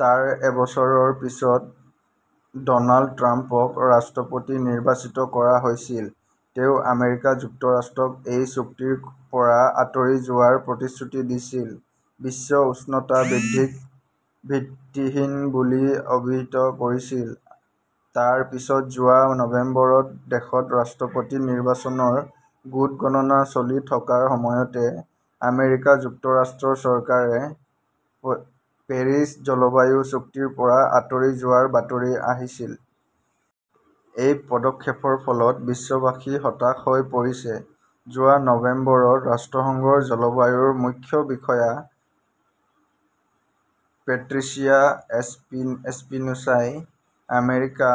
তাৰ এবছৰৰ পিছত ড 'নাল্ড ট্ৰাম্পক ৰাষ্ট্ৰপতি নিৰ্বাচিত কৰা হৈছিল। তেওঁ আমেৰিকা যুক্তৰাষ্ট্ৰক এই চুক্তিৰ পৰা আঁতৰি যোৱাৰ প্ৰতিশ্ৰুতি দিছিল, বিশ্ব উষ্ণতা বৃদ্ধিক 'ভিত্তিহীন' বুলি অভিহিত কৰিছিল। তাৰ পিছত যোৱা নৱেম্বৰত দেশত ৰাষ্ট্ৰপতি নিৰ্বাচনৰ ভোট গণনা চলি থকাৰ সময়তে আমেৰিকা যুক্তৰাষ্ট্ৰৰ চৰকাৰে পেৰিছ জলবায়ু চুক্তিৰ পৰা আঁতৰি যোৱাৰ বাতৰি আহিছিল। এই পদক্ষেপৰ ফলত বিশ্ববাসী হতাশ হৈ পৰিছে। যোৱা নৱেম্বৰত ৰাষ্ট্ৰসংঘৰ জলবায়ুৰ মুখ্য বিষয়া পেট্ৰিচিয়া এছপিনোছাই আমেৰিকা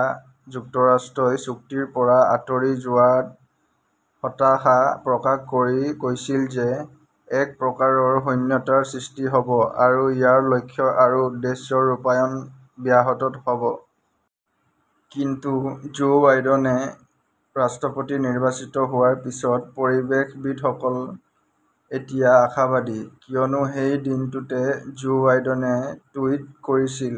যুক্তৰাষ্ট্ৰই চুক্তিৰ পৰা আঁতৰি যোৱাত হতাশা প্ৰকাশ কৰি কৈছিল যে এক প্ৰকাৰৰ শূন্যতাৰ সৃষ্টি হ 'ব আৰু ইয়াৰ লক্ষ্য আৰু উদ্দেশ্যৰ ৰূপায়ণ ব্যাহত হ'ব। কিন্তু জো বাইডেনে ৰাষ্ট্ৰপতি নিৰ্বাচিত হোৱাৰ পিছত পৰিৱেশবিদসকল এতিয়া আশাবাদী। কিয়নো সেই দিনটোতে জো বাইডেনে টুইট কৰিছিল,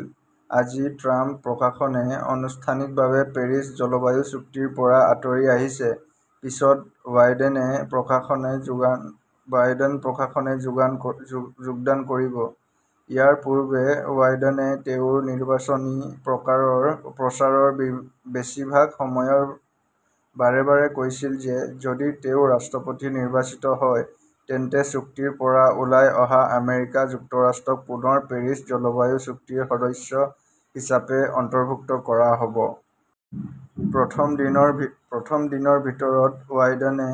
"আজি ট্ৰাম্প প্ৰশাসনে আনুষ্ঠানিকভাৱে পেৰিছ জলবায়ু চুক্তিৰ পৰা আঁতৰি আহিছে। পিছত বাইডেন প্ৰশাসনে যোগদান কৰিব। " ইয়াৰ পূৰ্বে বাইডেনে তেওঁৰ নিৰ্বাচনী প্ৰচাৰৰ বেছিভাগ সময়ত বাৰে বাৰে কৈছিল যে যদি তেওঁ ৰাষ্ট্ৰপতি নিৰ্বাচিত হয় তেন্তে চুক্তিৰ পৰা ওলাই অহা আমেৰিকা যুক্তৰাষ্ট্ৰক পুনৰ পেৰিছ জলবায়ু চুক্তিৰ সদস্য হিচাপে অন্তৰ্ভুক্ত কৰা হ 'ব। প্ৰথম দিনৰ ভিতৰত বাইডেনে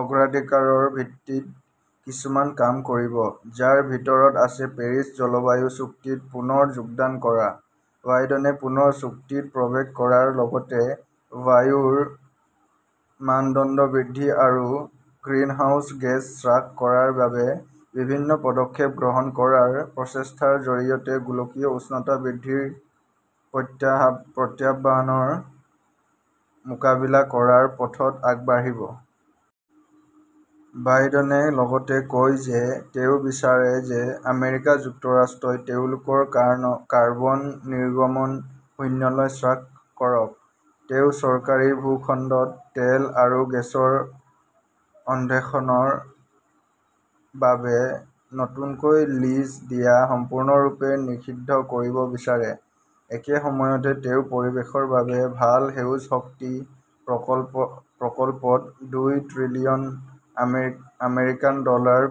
অগ্ৰাধিকাৰৰ ভিত্তিত কিছুমান কাম কৰিব, যাৰ ভিতৰত আছে পেৰিছ জলবায়ু চুক্তিত পুনৰ যোগদান কৰা। বাইডেনে পুনৰ চুক্তিত প্ৰৱেশ কৰাৰ লগতে বায়ুৰ মানদণ্ড বৃদ্ধি আৰু গ্ৰিনহাউজ গেছ হ্ৰাস কৰাৰ বাবে বিভিন্ন পদক্ষেপ গ্ৰহণ কৰাৰ প্ৰচেষ্টাৰ জৰিয়তে গোলকীয় উষ্ণতা বৃদ্ধিৰ প্ৰত্যাহ্বানৰ মোকাবিলা কৰাৰ পথত আগবাঢ়িব। বাইডেনে লগতে কয় যে তেওঁ বিচাৰে যে আমেৰিকা যুক্তৰাষ্ট্ৰই তেওঁলোকৰ কাৰ্বন নিৰ্গমন শূন্যলৈ হ্ৰাস কৰক। তেওঁ চৰকাৰী ভূখণ্ডত তেল আৰু গেছৰ অন্বেষণৰ বাবে নতুনকৈ লিজ দিয়া সম্পূৰ্ণৰূপে নিষিদ্ধ কৰিব বিচাৰে। একে সময়তে, তেওঁ পৰিৱেশৰ বাবে ভাল 'সেউজ শক্তি ' প্ৰকল্পত দুই ত্ৰিলিয়ন আমেৰিকান ডলাৰ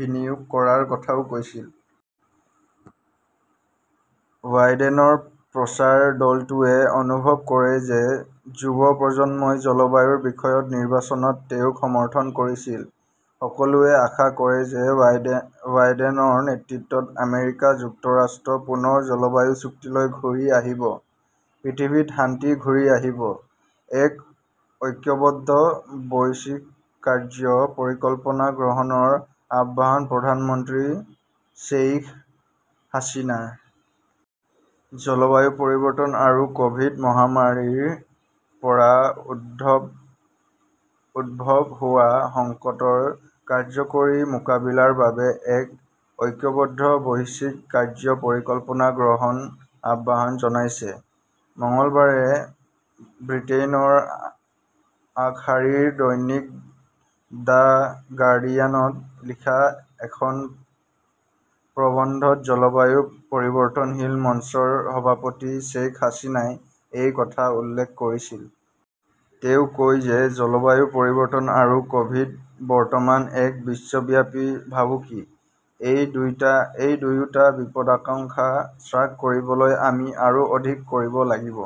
বিনিয়োগ কৰাৰ কথাও কৈছিল। বাইডেনৰ প্ৰচাৰ দলটোৱে অনুভৱ কৰে যে যুৱ প্ৰজন্মই জলবায়ুৰ বিষয়ত নিৰ্বাচনত তেওঁক সমৰ্থন কৰিছিল। সকলোৱে আশা কৰে যে বাইডেনৰ নেতৃত্বত আমেৰিকা যুক্তৰাষ্ট্ৰ পুনৰ জলবায়ু চুক্তিলৈ ঘূৰি আহিব। পৃথিৱীত শান্তি ঘূৰি আহিব। এক ঐক্যবদ্ধ বৈশ্বিক কাৰ্য্য পৰিকল্পনা গ্ৰহণৰ আহ্বান প্ৰধানমন্ত্ৰী শ্বেইখ হাছিনাৰ। জলবায়ু পৰিৱৰ্তন আৰু ক'ভিড- মহামাৰীৰ পৰা উদ্ভৱ হোৱা সংকটৰ কাৰ্যকৰী মোকাবিলাৰ বাবে এক ঐক্যবদ্ধ বৈশ্বিক কাৰ্য্য পৰিকল্পনা গ্ৰহণৰ আহ্বান জনাইছে। মঙলবাৰে ব্ৰিটেইনৰ আগশাৰীৰ দৈনিক দ্য গাৰ্ডিয়ানত লিখা এখন প্ৰবন্ধত জলবায়ু পৰিৱৰ্তনশীল মঞ্চৰ সভাপতি শ্বেইখ হাছিনাই এই কথা উল্লেখ কৰিছিল। তেওঁ কয় যে জলবায়ু পৰিৱৰ্তন আৰু ক'ভিড- বৰ্তমান এক বিশ্বব্যাপী ভাবুকি। এই দুয়োটা বিপদাশংকা হ্ৰাস কৰিবলৈ আমি আৰু অধিক কৰিব লাগিব।